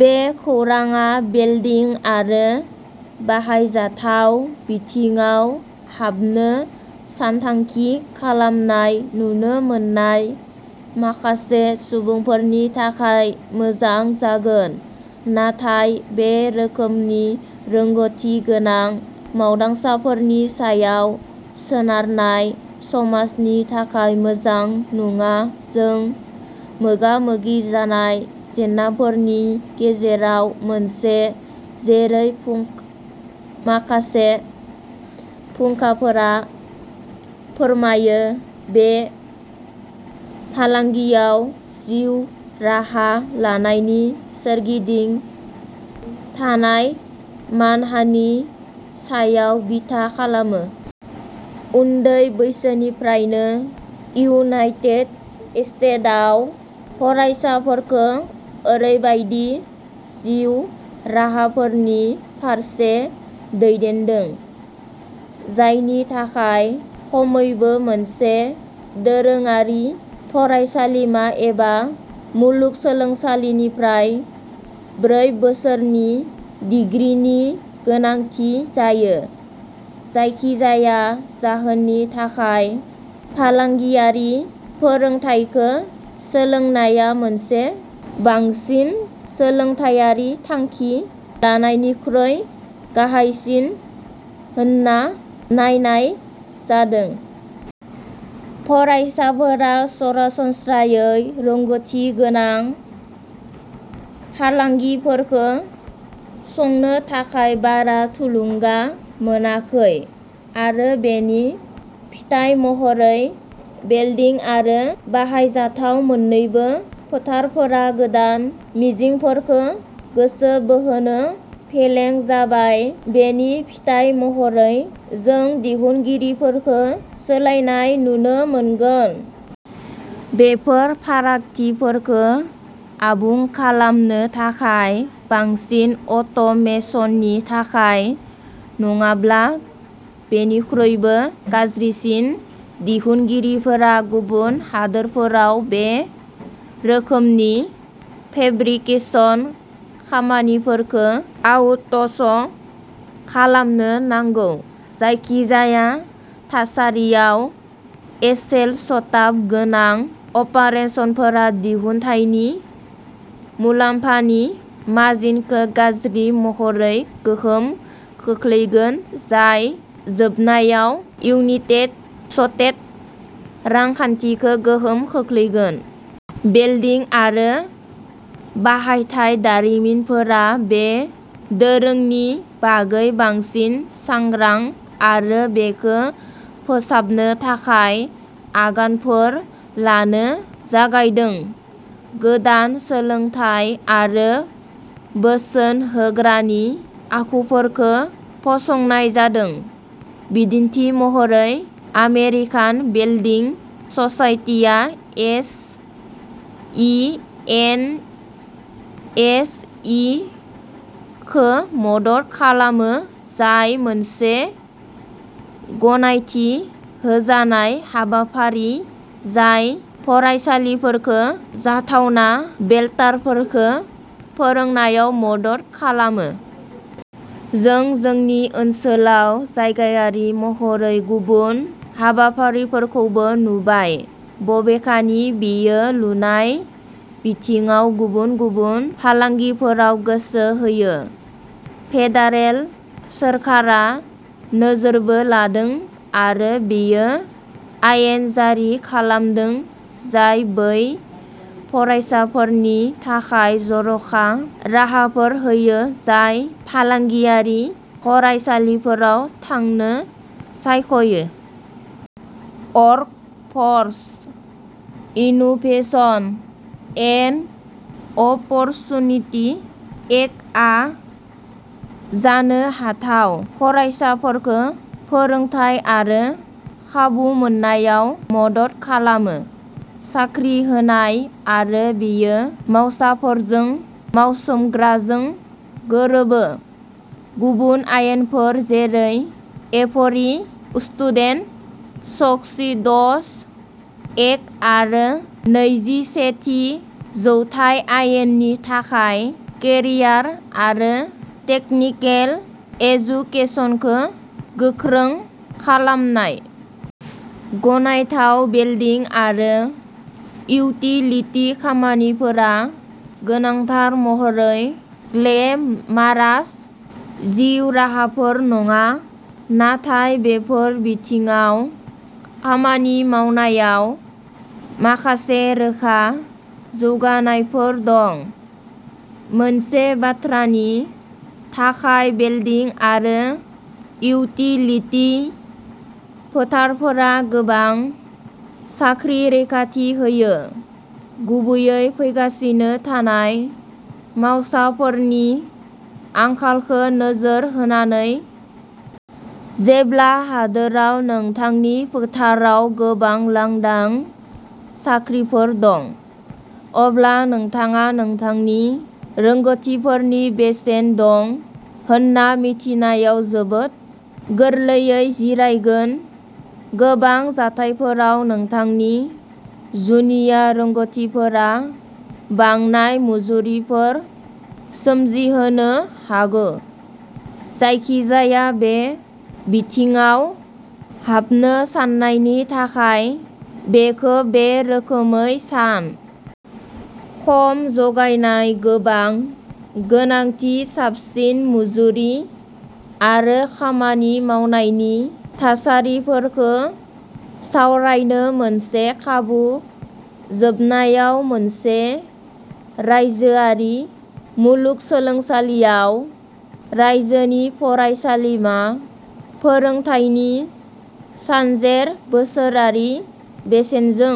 बे खौरांआ बेल्डिं आरो बाहायजाथाव बिथिङाव हाबनो सानथांखि खालामनाय नुनो मोन्नाय माखासे सुबुंफोरनि थाखाय मोजां जागोन, नाथाय बे रोखोमनि रोंग'थि गोनां मावदांसाफोरनि सायाव सोनारनाय समाजनि थाखाय मोजां नङा। जों मोगा-मोगि जानाय जेंनाफोरनि गेजेराव मोनसे, जेरै माखासे फुंखाफोरा फोरमायो, बे फालांगियाव जिउ राहा लानायनि सोरगिदिं थानाय मानहानि सायाव बिथा खालामो। उन्दै बैसोनिफ्रायनो, इउनाइटेट स्टेटआव फरायसाफोरखौ ओरैबायदि जिउ राहाफोरनि फारसे दैदेनदों, जायनि थाखाय खमैबो मोनसे दोरोङारि फरायसालिमा एबा मुलुगसोलोंसालिनिफ्राय ब्रै बोसोरनि डिग्रीनि गोनांथि जायो। जायखिजाया जाहोननि थाखाय फालांगियारि फोरोंथायखौ सोलोंनाया मोनसे बांसिन सोलोंथायारि थांखि लानायनिख्रुइ गाहायसिन होनना नायनाय जादों। फरायसाफोरा सरासनस्रायै रोंग'थि गोनां फालांगिफोरखौ संनो थाखाय बारा थुलुंगा मोनाखै, आरो बेनि फिथाय महरै, वेल्डिं आरो बाहायजाथाव मोन्नैबो फोथारफोरा गोदान मिजिंफोरखौ गोसो बोहोनो फेलें जाबाय। बेनि फिथाय महरै, जों दिहुनगिरिफोरखौ सोलायनाय नुनो मोनगोन। बेफोर फारागथिफोरखौ आबुं खालामनो थाखाय बांसिन अट'मेसननि थाखाय। नङाब्ला, बेनिख्रुइबो गाज्रिसिन, दिहुनगिरिफोरा गुबुन हादोरफोराव बे रोखोमनि फेब्रिकेशन खामानिफोरखौ आउट'स' खालामनो जागौ। जायखिजाया थासारियाव, एसेल सटाफ गोनां अपारेसनफोरा दिहुनथायनि मुलाम्फानि मार्जिनखौ गाज्रि महरै गोहोम खोख्लैगोन, जाय जोबनायाव इउनिटेट सटेट रांखान्थिखौ गोहोम खोख्लैगोन। बेल्डिं आरो बाहायथाय दारिमिनफोरा बे दोरोंनि बागै बांसिन सांग्रां आरो बेखौ फोसाबनो थाखाय आगानफोर लानो जागायदों। गोदान सोलोंथाय आरो बोसोन होग्रानि आखुफोरखो फसंनाय जादों। बिदिन्थि महरै, आमेरिकान बेल्डिं ससाइटिआ S E N S E खो मदद खालामो, जाय मोनसे गनायथि होजानाय हाबाफारि जाय फरायसालिफोरखो जाथावना वेल्डारफोरखो फोरायनायाव मदद खालामो। जों जोंनि ओनसोलाव जायगायारि महरै गुबुन हाबाफारिफोरखौबो नुबाय, बबेखानि बेयो लुनाय बिथिङाव गुबुन गुबुन फालांगिफोराव गोसो होयो। फेडारेल सोरखारा नोजोरबो लादों आरो बेयो आयेन जारि खालामदों जाय बै फरायसाफोरनि थाखाय जर'खा राहाफोर होयो जाय फालांगियारि फरायसालिफोराव थांनो सायख'यो। अर्कफर्स इनभेशन एन्ड अपरचुनिटि एक्टआ जानो हाथाव फरायसाफोरखौ फोरोंथाय आरो खाबु मोननायाव मदद खालामो। साख्रि होनाय, आरो बेयो मावसाफोरजों मावसोमग्राजों गोरोबो। गुबुन आयेनफोर, जेरै एभरि स्टुडेन्ट सक्सीड्स एक्ट आरो नैजिसेथि जौथाय आयेननि थाखाय केरियार आरो टेकनिकेल एजुकेसनखौ गोख्रों खालामनाय। गनायथाव, वेल्डिं आरो इउटिलिति खामानिफोरा गोनांथार महरै "ग्लेमारास" जिउ राहाफोर नङा। नाथाय, बेफोर बिथिङाव खामानि मावनायाव माखासे रोखा जौगानायफोर दं। मोनसे बाथ्रानि थाखाय, बेल्डिं आरो इउटिलिति फोथारफोरा गोबां साख्रि रैखाथि होयो, गुबैयै फैगासिनो थानाय मावसाफोरनि आंखालखो नोजोर होनानै। जेब्ला हादोराव नोंथांनि फोथाराव गोबां लांदां साख्रिफोर दं, अब्ला नोंथाङा नोंथांनि रोंग'थिफोरनि बेसेन दं होन्ना मिथिनायाव जोबोद गोरलैयै जिरायगोन। गोबां जाथायफोराव, नोंथांनि जुनिया रोंग'थिफोरा बांनाय मुजुरिफोर सोमजिहोनो हागौ। जायखिजाया बे बिथिङाव हाबनो साननायनि थाखाय बेखौ बे रोखोमै सान। खम जगायनाय गोबां गोनांथि साबसिन मुजुरि आरो खामानि मावनायनि थासारिफोरखौ सावरायनो मोनसे खाबु। जोबनायाव, मोनसे रायजोआरि मुलुगसोलोंसालियाव रायजोनि फरायसालिमा फोरोंथायनि सानजेर बोसोरारि बेसेनजों।